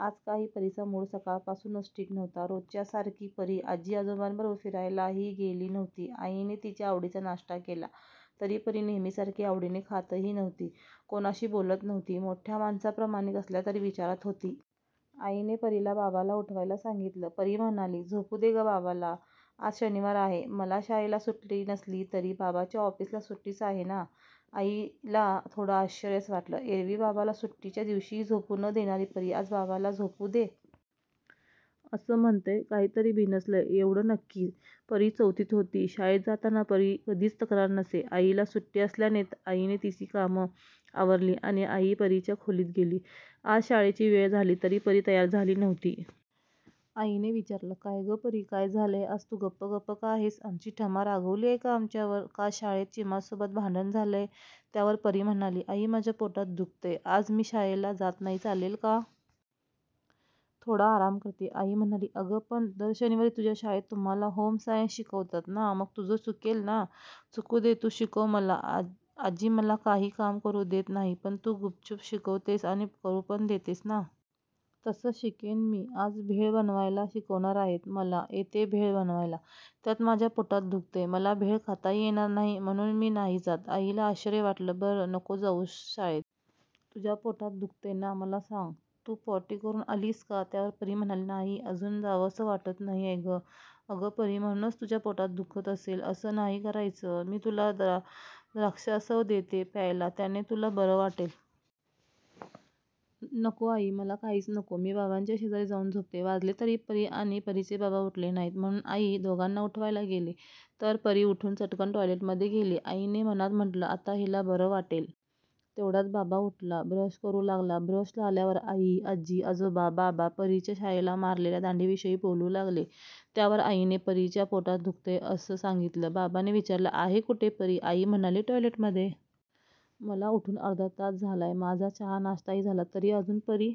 आज काही परीचा मूड सकाळपासूनच ठीक नव्हता. रोजच्यासारखी परी आजी-आजोबांबरोबर फिरायलाही गेली नव्हती. आईने तिच्या आवडीचा नाश्ता केला, तरी परी नेहमीसारखी आवडीने खातही नव्हती. कोणाशी बोलत नव्हती. मोठ्या माणसांप्रमाणे कसल्या तरी विचारात होती. आईने परीला बाबाला उठवायला सांगितलं. परी म्हणाली, "झोपूदे गं बाबाला. आज शनिवार आहे. मला शाळेला सुट्टी नसली तरी बाबाच्या ऑफिसला सुट्टीच आहे ना. " आईला थोडं आश्चर्यच वाटलं. एरव्ही बाबाला सुट्टीच्या दिवशीही झोपू न देणारी परी, 'आज बाबाला झोपू दे.. ' असं म्हणतेय. काहीतरी बिनसलंय एवढं नक्की. परी चौथीत होती. शाळेत जाताना परीची कधीच तक्रार नसे. आईला सुट्टी असल्याने आईने तिची कामं आवरली आणि आई परीच्या खोलीत गेली. आज शाळेची वेळ झाली तरी परी तयार झाली नव्हती. आईने विचारलं, "काय गं परी काय झालं? आज तू गप्प गप्प का आहेस? आमची ठमा रागावलीय का आमच्यावर? का शाळेत चिमासोबत भांडण झालंय? " त्यावर परी म्हणाली, "आई माझ्या पोटात दुखतंय. आज मी शाळेला जात नाही, चालेल का? थोडा आराम करते. " आई म्हणाली, "अगं पण दर शनिवारी तुझ्या शाळेत तुम्हांला होम सायन्स शिकवतात ना. मग तुझं चुकेल ना. " "चूकू दे. तू शिकव मला. आजी मला काही काम करू देत नाही, पण तू गुपचूप शिकवतेस आणि करू पण देतेस ना. तसं शिकेन मी. आज भेळ बनवायला शिकवणार आहेत. मला येते भेळ बनवायला. त्यात माझ्या पोटात दुखतंय. मला भेळ खाताही येणार नाही. म्हणून मी नाही जात. " आईला आश्चर्यच वाटलं. "बरं. नको जाऊस शाळेत. तुझ्या पोटात दुखतंय ना.. मला सांग, तू पॉटी करून आलीस का? " त्यावर परी म्हणाली, "नाही. अजून जावंसं वाटत नाहीये गं. " "अगं परी, म्हणूनच तुझ्या पोटात दुखत असेल. असं नाही करायचं. मी तुला द्राक्षासव देते प्यायला त्याने तुला बरं वाटेल. " "नको आई. मला काहीच नको. मी बाबाच्या शेजारी जाऊन झोपते. " वाजले तरी परी आणि परीचे बाबा उठले नाहीत. म्हणून आई दोघांना उठवायला गेली, तर परी उठून चटकन टॉयलेटमध्ये गेली. आईने मनात म्हटलं, 'आता हिला बरं वाटेल. ' तेवढ्यात बाबा उठला. ब्रश करू लागला. ब्रश झाल्यावर आई, आजी, आजोबा, बाबा परीच्या शाळेला मारलेल्या दांडीविषयी बोलू लागले. त्यावर आईने, परीच्या पोटात दुखतंय, असं सांगितलं. बाबाने विचारलं, "आहे कुठे परी? " आई म्हणाली, "टॉयलेटमध्ये. " "मला उठून अर्धा तास झालाय. माझा चहा-नाश्ताही झाला. तरी अजून परी